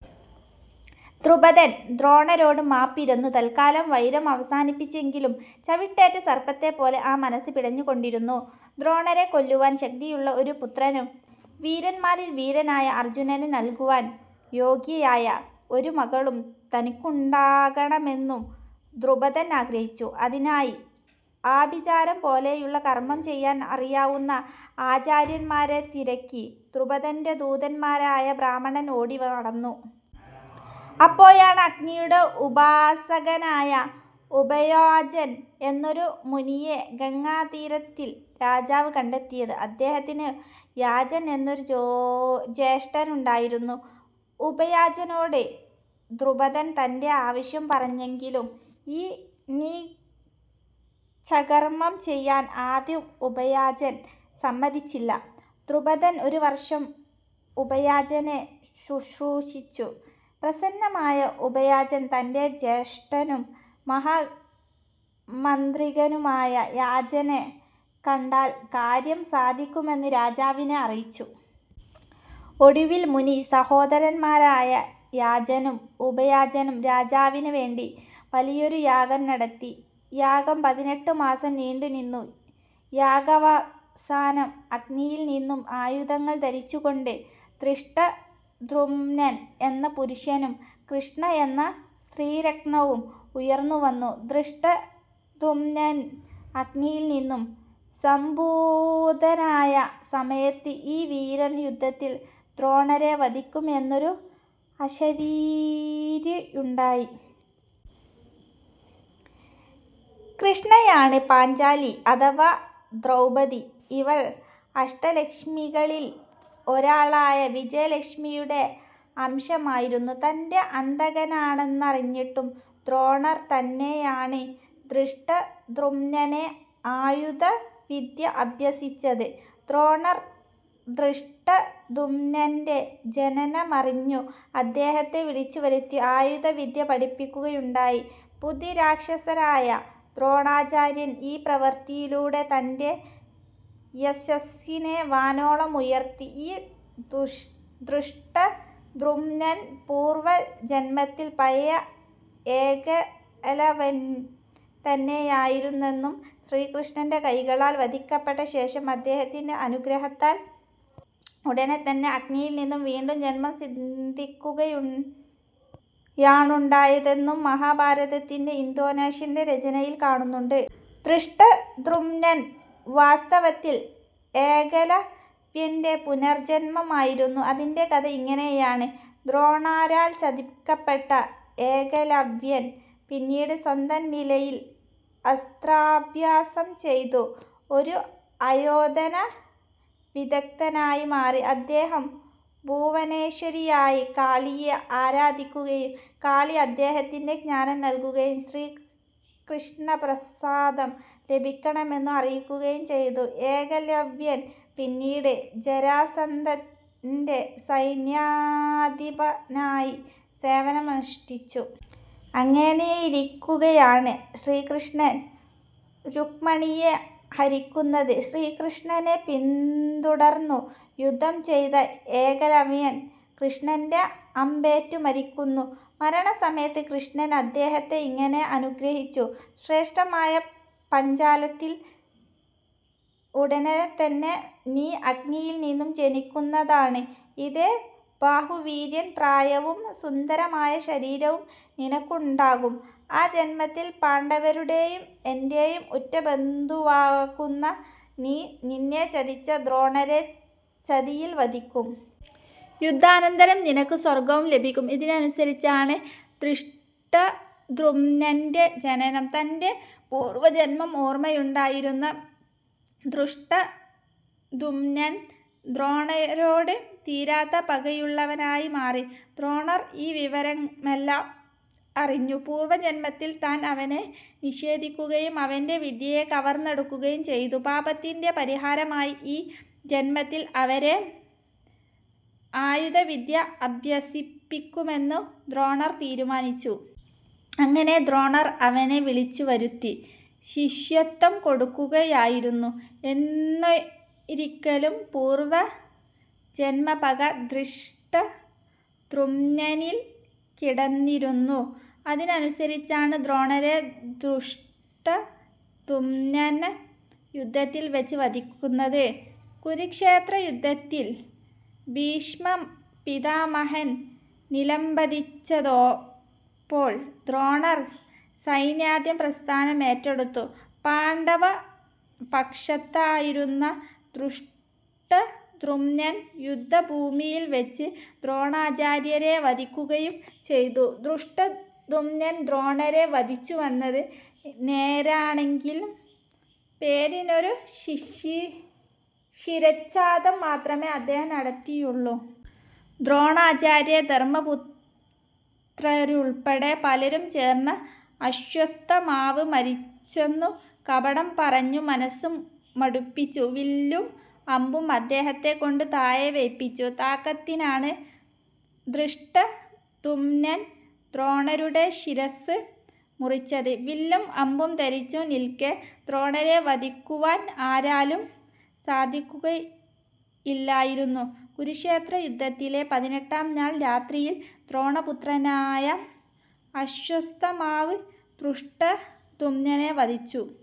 ദ്രുപദൻ ദ്രോണരോട് മാപ്പിരന്നു തൽക്കാലം വൈരം അവസാനിപ്പിച്ചെങ്കിലും ചവിട്ടേറ്റ സർപ്പത്തെപ്പോലെ ആ മനസ്സ് പിടഞ്ഞുകൊണ്ടിരുന്നു. ദ്രോണരെ കൊല്ലുവാൻ ശക്തിയുള്ള ഒരു പുത്രനും വീരന്മാരിൽ വീരനായ അർജുനന് നൽകുവാൻ യോഗ്യയായ ഒരു മകളും തനിക്കുണ്ടാകണമെന്നു ദ്രുപദൻ ആഗ്രഹിച്ചു. അതിനായി ആഭിചാരം പോലെയുള്ള കർമ്മം ചെയ്യാൻ അറിയാവുന്ന ആചാര്യന്മാരെ തിരക്കി ദ്രുപദൻ്റെ ദൂതന്മാരായ ബ്രാഹ്മണർ ഓടിനടന്നു. അപ്പോഴാണ് അഗ്നിയുടെ ഉപാസകനായ ഉപയാജൻ എന്നൊരു മുനിയെ ഗംഗാതീരത്തിൽ രാജാവ് കണ്ടെത്തിയത്. അദ്ദേഹത്തിനു യാജൻ എന്നൊരു ജോ ജ്യേഷ്ഠനുണ്ടായിരുന്നു. ഉപയാജനോട് ദ്രുപദൻ തൻ്റെ ആവശ്യം പറഞ്ഞെങ്കിലും ഈ നീചകർമ്മം ചെയ്യാൻ ആദ്യം ഉപയാജൻ സമ്മതിച്ചില്ല. ദ്രുപദൻ ഒരു വർഷം ഉപയാജനെ ശുശ്രൂഷിച്ചു. പ്രസന്നനായ ഉപയാജൻ തൻ്റെ ജ്യേഷ്ഠനും മഹാമാന്ത്രികനുമായ യാജനെ കണ്ടാൽ കാര്യം സാധിക്കുമെന്ന് രാജാവിനെ അറിയിച്ചു. ഒടുവിൽ മുനി സഹോദരന്മാരായ യാജനും ഉപയാജനും രാജാവിന് വേണ്ടി വലിയൊരു യാഗം നടത്തി. യാഗം പതിനെട്ട് മാസം നീണ്ടുനിന്നു. യാഗാവസാനം അഗ്നിയിൽ നിന്നും ആയുധങ്ങൾ ധരിച്ചുകൊണ്ട് ധൃഷ്ടദ്യുമ്നൻ എന്ന പുരുഷനും കൃഷ്ണ എന്ന സ്ത്രീരത്നവും ഉയർന്നുവന്നു. ധൃഷ്ടദ്യുമ്നൻ അഗ്നിയിൽ നിന്നും സംഭൂതനായ സമയത്ത് ഈ വീരൻ യുദ്ധത്തിൽ ദ്രോണരെ വധിക്കും എന്നൊരു അശരീരിയുണ്ടായി. കൃഷ്ണയാണ് പാഞ്ചാലി അഥവാ ദ്രൗപദി. ഇവൾ അഷ്ടലക്ഷ്മികളിൽ ഒരാളായ വിജയലക്ഷ്മിയുടെ അംശമായിരുന്നു. തൻ്റെ അന്തകനാണെന്നറിഞ്ഞിട്ടും ദ്രോണർ തന്നെയാണ് ധൃഷ്ടദ്യുമ്നനെ ആയുധവിദ്യ അഭ്യസിപ്പിച്ചത്. ദ്രോണർ ധൃഷ്ടദ്യുമ്നൻ്റെ ജനനമറിഞ്ഞു അദ്ദേഹത്തെ വിളിച്ചുവരുത്തി ആയുധവിദ്യ പഠിപ്പിക്കുകയുണ്ടായി ബുദ്ധിരാക്ഷസനായ ദ്രോണാചാര്യർ ഈ പ്രവൃത്തിയിലൂടെ തൻ്റെ യശസ്സിനെ വാനോളം ഉയർത്തി. ഈ ധൃഷ്ടദ്യുമ്നൻ പൂർവജന്മത്തിൽ പഴയ ഏകലവ്യൻ തന്നെയായിരുന്നെന്നും ശ്രീകൃഷ്ണൻ്റെ കൈകളാൽ വധിക്കപ്പെട്ട ശേഷം അദ്ദേഹത്തിൻ്റെ അനുഗ്രഹത്താൽ ഉടനെ തന്നെ അഗ്നിയിൽ നിന്നും വീണ്ടും ജന്മം സിദ്ധിക്കുകയാണുണ്ടായതെന്നും മഹാഭാരതത്തിൻ്റെ ഇന്തോനേഷ്യൻ രചനയിൽ കാണുന്നുണ്ട്. ധൃഷ്ടദ്യുമ്നൻ വാസ്തവത്തിൽ ഏകലവ്യൻ്റെ പുനർജന്മം ആയിരുന്നു. അതിൻ്റെ കഥ ഇങ്ങനെയാണ്. ദ്രോണരാൽ ചതിക്കപ്പെട്ട ഏകലവ്യൻ പിന്നീട് സ്വന്തം നിലയിൽ അസ്ത്രാഭ്യാസം ചെയ്തു ഒരു ആയോധന വിദഗ്ദ്ധനായി മാറി. അദ്ദേഹം ഭുവനേശ്വരിയായ കാളിയെ ആരാധിക്കുകയും കാളി അദ്ദേഹത്തിന് ജ്ഞാനം നൽകുകയും ശ്രീകൃഷ്ണപ്രസാദം ലഭിക്കണമെന്ന് അറിയിക്കുകയും ചെയ്തു. ഏകലവ്യൻ പിന്നീട് ജരാസന്ധൻ്റെ സൈന്യാധിപനായി സേവനമനുഷ്ഠിച്ചു. അങ്ങനെയിരിക്കുകയാണ് ശ്രീകൃഷ്ണൻ രുക്മിണിയെ ഹരിക്കുന്നത്. ശ്രീകൃഷ്ണനെ പിന്തുടർന്നു യുദ്ധം ചെയ്ത ഏകലവ്യൻ കൃഷ്ണൻ്റെ അമ്പേറ്റു മരിക്കുന്നു. മരണസമയത്ത് കൃഷ്ണൻ അദ്ദേഹത്തെ ഇങ്ങനെ അനുഗ്രഹിച്ചു. ശ്രേഷ്ഠമായ പാഞ്ചാലത്തിൽ ഉടനെത്തന്നെ നീ അഗ്നിയിൽ നിന്നും ജനിക്കുന്നതാണ്. ഇതേ ബാഹുവീര്യവും പ്രായവും സുന്ദരമായ ശരീരവും നിനക്കുണ്ടാകും. ആ ജന്മത്തിൽ പാണ്ഡവരുടെയും എൻ്റെയും ഉറ്റ ബന്ധുവാകുന്ന നീ നിന്നെ ചതിച്ച ദ്രോണരെ ചതിയാൽ വധിക്കും. യുദ്ധാനന്തരം നിനക്കു സ്വർഗ്ഗവും ലഭിക്കും. ഇതനുസരിച്ചാണ് ധൃഷ്ടദ്യുമ്നൻ്റെ ജനനം. തൻ്റെ പൂർവജന്മം ഓർമ്മയുണ്ടായിരുന്ന ധൃഷ്ടദ്യുമ്നൻ ദ്രോണരോട് തീരാത്ത പകയുള്ളവനായി മാറി. ദ്രോണർ ഈ വിവരമെല്ലാം അറിഞ്ഞു. പൂർവജന്മത്തിൽ താൻ അവനെ നിഷേധിക്കുകയും അവൻ്റെ വിദ്യയെ കവർന്നെടുക്കുകയും ചെയ്ത പാപത്തിൻ്റെ പരിഹാരമായി ഈ ജന്മത്തിൽ അവരെ ആയുധവിദ്യ അഭ്യസിപ്പിക്കുമെന്നു ദ്രോണർ തീരുമാനിച്ചു. അങ്ങനെ ദ്രോണർ അവനെ വിളിച്ചുവരുത്തി ശിഷ്യത്വം കൊടുക്കുകയായിരുന്നു. എന്നിരിക്കിലും പൂർവജന്മ പക ധൃഷ്ടദ്യുമ്നനിൽ കിടന്നിരുന്നു. അതനുസരിച്ചാണ് ദ്രോണരെ ധൃഷ്ടദ്യുമ്നൻ യുദ്ധത്തിൽ വച്ച് വധിക്കുന്നത്. കുരുക്ഷേത്രയുദ്ധത്തിൽ ഭീഷ്മപിതാമഹൻ നിലംപതിച്ചതോപ്പോൾ ദ്രോണർ സൈന്യാധിപസ്ഥാനം ഏറ്റെടുത്തു. പാണ്ഡവപക്ഷത്തായിരുന്ന ധൃഷ്ടദ്യുമ്നൻ യുദ്ധഭൂമിയിൽവച്ച് ദ്രോണാചാര്യരെ വധിക്കുകയും ചെയ്തു. ധൃഷ്ടദ്യുമ്നൻ ദ്രോണരെ വധിച്ചുവെന്നത് നേരാണെങ്കിലും പേരിനൊരു ശിരച്ഛേദം മാത്രമേ അദ്ദേഹം നടത്തിയുള്ളൂ. ദ്രോണാചാര്യരെ ധർമ്മപുത്രരുൾപ്പെടെ പലരും ചേർന്ന് അശ്വത്ഥാമാവ് മരിച്ചെന്നു കപടം പറഞ്ഞു മനസ്സ് മടുപ്പിച്ചു വില്ലും അമ്പും അദ്ദേഹത്തെക്കൊണ്ട് താഴെ വയ്പിച്ച തക്കത്തിനാണ് ധൃഷ്ടദ്യുമ്നൻ ദ്രോണരുടെ ശിരസ്സ് മുറിച്ചത്. വില്ലും അമ്പും ധരിച്ചു നിൽക്കെ ദ്രോണരെ വധിക്കുവാൻ ആരാലും സാധിക്കുകയില്ലായിരുന്നു. കുരുക്ഷേത്രയുദ്ധത്തിലെ പതിനെട്ടാം നാൾ രാത്രിയിൽ ദ്രോണപുത്രനായ അശ്വത്ഥാമാവ് ധൃഷ്ടദ്യുമ്നനെ വധിച്ചു.